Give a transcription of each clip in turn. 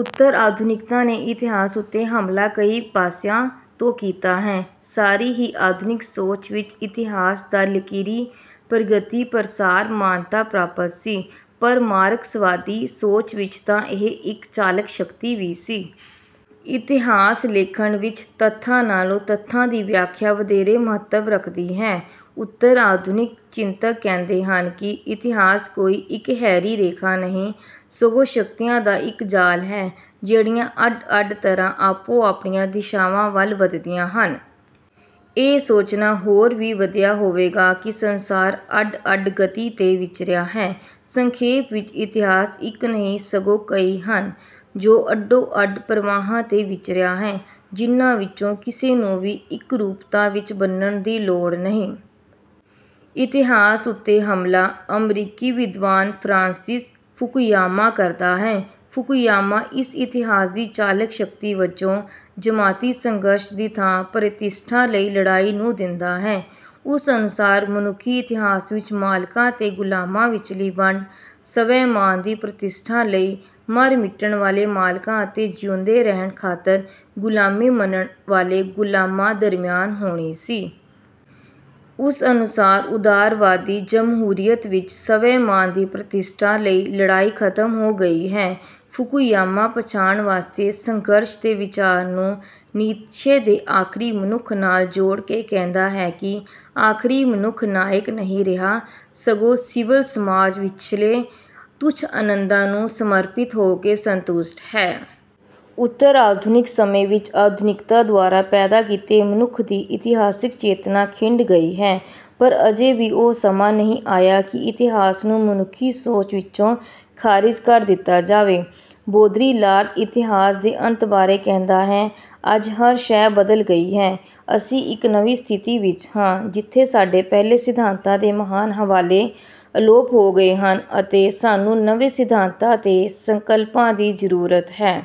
ਉੱਤਰ-ਆਧੁਨਿਕਤਾ ਨੇ ਇਤਿਹਾਸ ਉੱਤੇ ਹਮਲਾ ਕਈ ਪਾਸਿਆਂ ਤੋਂ ਕੀਤਾ ਹੈ। ਸਾਰੀ ਹੀ ਆਧੁਨਿਕ ਸੋਚ ਵਿੱਚ ਇਤਿਹਾਸ ਦਾ ਲਕੀਰੀ ਪ੍ਰਗਤੀ-ਪ੍ਰਸਾਰ ਮਾਨਤਾ ਪ੍ਰਾਪਤ ਸੀ, ਪਰ ਮਾਰਕਸਵਾਦੀ ਸੋਚ ਵਿੱਚ ਤਾਂ ਇਹ ਇੱਕ ਚਾਲਕ ਸ਼ਕਤੀ ਵੀ ਸੀ। ਇਤਿਹਾਸ-ਲੇਖਣ ਵਿੱਚ ਤੱਥਾਂ ਨਾਲੋਂ ਤੱਥਾਂ ਦੀ ਵਿਆਖਿਆ ਵਧੇਰੇ ਮਹੱਤਵ ਰੱਖਦੀ ਹੈ। ਉੱਤਰ-ਆਧੁਨਿਕ ਚਿੰਤਕ ਕਹਿੰਦੇ ਹਨ ਕਿ, “ਇਤਿਹਾਸ ਕੋਈ ਇੱਕਹਿਰੀ ਰੇਖਾ ਨਹੀਂ, ਸਗੋਂ ਸ਼ਕਤੀਆਂ ਦਾ ਇੱਕ ਜਾਲ ਹੈ, ਜਿਹੜੀਆਂ ਅੱਡ-ਅੱਡ ਤਰ੍ਹਾਂ ਆਪੋ-ਆਪਣੀਆਂ ਦਿਸ਼ਾਵਾਂ ਵੱਲ ਵੱਧਦੀਆਂ ਹਨ। ਇਹ ਸੋਚਣਾ ਹੋਰ ਵੀ ਵਧੀਆ ਹੋਵੇਗਾ ਕਿ ਸੰਸਾਰ ਅੱਡ-ਅੱਡ ਗਤੀ ਤੇ ਵਿਚਰਿਆ ਹੈ। ਸੰਖੇਪ ਵਿੱਚ ਇਤਿਹਾਸ ਇੱਕ ਨਹੀਂ, ਸਗੋਂ ਕਈ ਹਨ, ਜੋ ਅੱਡੋ-ਅੱਡ ਪ੍ਰਵਾਹਾਂ ਤੇ ਵਿਚਰਿਆ ਹੈ, ਜਿਨ੍ਹਾਂ ਵਿੱਚੋਂ ਕਿਸੇ ਨੂੰ ਵੀ ਇਕਰੂਪਤਾ ਵਿੱਚ ਬੰਨ੍ਹਣ ਦੀ ਲੋੜ ਨਹੀਂ।” ਇਤਿਹਾਸ ਉੱਤੇ ਹਮਲਾ ਅਮਰੀਕੀ ਵਿਦਵਾਨ ਫ਼ਰਾਂਸਿਸ ਫੁਕੂਯਾਮਾ ਕਰਦਾ ਹੈ। ਫੂਕੂਯਾਮਾ ਇਸ ਇਤਿਹਾਸ ਦੀ ਚਾਲਕ ਸ਼ਕਤੀ ਵਜੋਂ ਜਮਾਤੀ ਸੰਘਰਸ਼ ਦੀ ਥਾਂ ਪ੍ਰਤਿਸ਼ਠਾ ਲਈ ਲੜਾਈ ਨੂੰ ਦਿੰਦਾ ਹੈ। ਉਸ ਅਨੁਸਾਰ ਮਨੁੱਖੀ ਇਤਿਹਾਸ ਵਿੱਚ ਮਾਲਕਾਂ ਤੇ ਗੁਲਾਮਾਂ ਵਿਚਲੀ ਵੰਡ ਸਵੈ-ਮਾਣ ਦੀ ਪ੍ਰਤਿਸ਼ਠਾ ਲਈ ਮਰ-ਮਿਟਣ ਵਾਲੇ ਮਾਲਕਾਂ ਅਤੇ ਜਿਊਂਦੇ ਰਹਿਣ ਖਾਤਰ ਗੁਲਾਮੀ ਮੰਨਣ ਵਾਲੇ ਗੁਲਾਮਾਂ ਦਰਮਿਆਨ ਹੋਣੀ ਸੀ। ਉਸ ਅਨੁਸਾਰ ਉਦਾਰਵਾਦੀ ਜਮਹੂਰੀਅਤ ਵਿੱਚ ਸਵੈ-ਮਾਣ ਦੀ ਪ੍ਰਤਿਸ਼ਠਾ ਲਈ ਲੜਾਈ ਖ਼ਤਮ ਹੋ ਗਈ ਹੈ। ਫੂਕੂਯਾਮਾ ਪਛਾਣ ਵਾਸਤੇ ਸੰਘਰਸ਼ ਦੇ ਵਿਚਾਰ ਨੂੰ ਨੀਤਸ਼ੇ ਦੇ ਆਖ਼ਰੀ ਮਨੁੱਖ ਨਾਲ ਜੋੜ ਕੇ ਕਹਿੰਦਾ ਹੈ ਕਿ, “ਆਖ਼ਰੀ ਮਨੁੱਖ ਨਾਇਕ ਨਹੀਂ ਰਿਹਾ, ਸਗੋਂ ਸਿਵਲ ਸਮਾਜ ਵਿਚਲੇ ਤੁੱਛ ਆਨੰਦਾਂ ਨੂੰ ਸਮਰਪਿਤ ਹੋ ਕੇ ਸੰਤੁਸ਼ਟ ਹੈ।” ਉੱਤਰ-ਆਧੁਨਿਕ ਸਮੇਂ ਵਿੱਚ ਆਧੁਨਿਕਤਾ ਦੁਆਰਾ ਪੈਦਾ ਕੀਤੇ ਮਨੁੱਖ ਦੀ ਇਤਿਹਾਸਿਕ ਚੇਤਨਾ ਖਿੰਡ ਗਈ ਹੈ, ਪਰ ਅਜੇ ਵੀ ਉਹ ਸਮਾਂ ਨਹੀਂ ਆਇਆ ਕਿ ਇਤਿਹਾਸ ਨੂੰ ਮਨੁੱਖੀ ਸੋਚ ਵਿੱਚੋਂ ਖਾਰਿਜ ਕਰ ਦਿੱਤਾ ਜਾਵੇ। ਬੋਦਰੀਲਾਰਦ ਇਤਿਹਾਸ ਦੇ ਅੰਤ ਬਾਰੇ ਕਹਿੰਦਾ ਹੈ, “ਅੱਜ ਹਰ ਸ਼ੈਅ ਬਦਲ ਗਈ ਹੈ, ਅਸੀਂ ਇੱਕ ਨਵੀਂ ਸਥਿਤੀ ਵਿੱਚ ਹਾਂ, ਜਿੱਥੇ ਸਾਡੇ ਪਹਿਲੇ, ਸਿਧਾਂਤਾਂ ਦੇ ਮਹਾਨ ਹਵਾਲੇ ਅਲੋਪ ਹੋ ਗਏ ਹਨ ਅਤੇ ਸਾਨੂੰ ਨਵੇਂ ਸਿਧਾਂਤਾਂ ਤੇ ਸੰਕਲਪਾਂ ਦੀ ਜ਼ਰੂਰਤ ਹੈ।”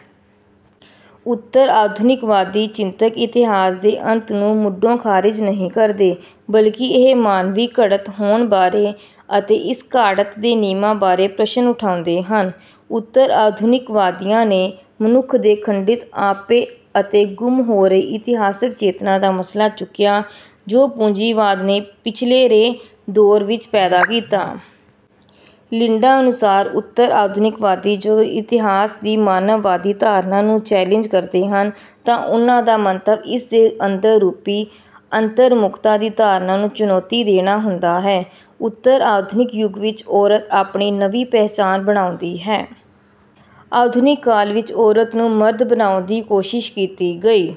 ਉੱਤਰ-ਆਧੁਨਿਕਵਾਦੀ ਚਿੰਤਕ ਇਤਿਹਾਸ ਦੇ ਅੰਤ ਨੂੰ ਮੁੱਢੋਂ ਖਾਰਿਜ ਨਹੀਂ ਕਰਦੇ, ਬਲਕਿ ਇਹ ਮਾਨਵੀ ਘੜਤ ਹੋਣ ਬਾਰੇ ਅਤੇ ਇਸ ਘਾੜਤ ਦੇ ਨਿਯਮਾਂ ਬਾਰੇ ਪ੍ਰਸ਼ਨ ਉਠਾਉਂਦੇ ਹਨ। ਉੱਤਰ-ਆਧੁਨਿਕਵਾਦੀਆਂ ਨੇ ਮਨੁੱਖ ਦੇ ਖੰਡਿਤ ਆਪੇ ਅਤੇ ਗੁੰਮ ਹੋ ਰਹੀ ਇਤਿਹਾਸਕ ਚੇਤਨਾ ਦਾ ਮਸਲਾ ਚੁੱਕਿਆ, ਜੋ ਪੂੰਜੀਵਾਦ ਨੇ ਪਿਛਲੇਰੇ ਦੌਰ ਵਿੱਚ ਪੈਦਾ ਕੀਤਾ। ਲਿੰਡਾ ਅਨੁਸਾਰ, ਉੱਤਰ-ਆਧੁਨਿਕਵਾਦੀ ਜਦੋਂ ਇਤਿਹਾਸ ਦੀ ਮਾਨਵਵਾਦੀ ਧਾਰਨਾ ਨੂੰ ਚੈਲਿੰਜ ਕਰਦੇ ਹਨ ਤਾਂ ਉਨ੍ਹਾਂ ਦਾ ਮੰਤਵ ਇਸ ਦੇ ਅੰਦਰ ਰੂਪੀ ਅੰਤਰਮੁਖਤਾ ਦੀ ਧਾਰਨਾ ਨੂੰ ਚੁਣੌਤੀ ਦੇਣਾ ਹੁੰਦਾ ਹੈ। ਉੱਤਰ-ਆਧੁਨਿਕ ਯੁੱਗ ਵਿੱਚ ਔਰਤ ਆਪਣੀ ਨਵੀਂ ਪਹਿਚਾਣ ਬਣਾਉਂਦੀ ਹੈ। ਆਧੁਨਿਕ ਕਾਲ ਵਿੱਚ ਔਰਤ ਨੂੰ ਮਰਦ ਬਣਾਉਣ ਦੀ ਕੋਸ਼ਿਸ਼ ਕੀਤੀ ਗਈ।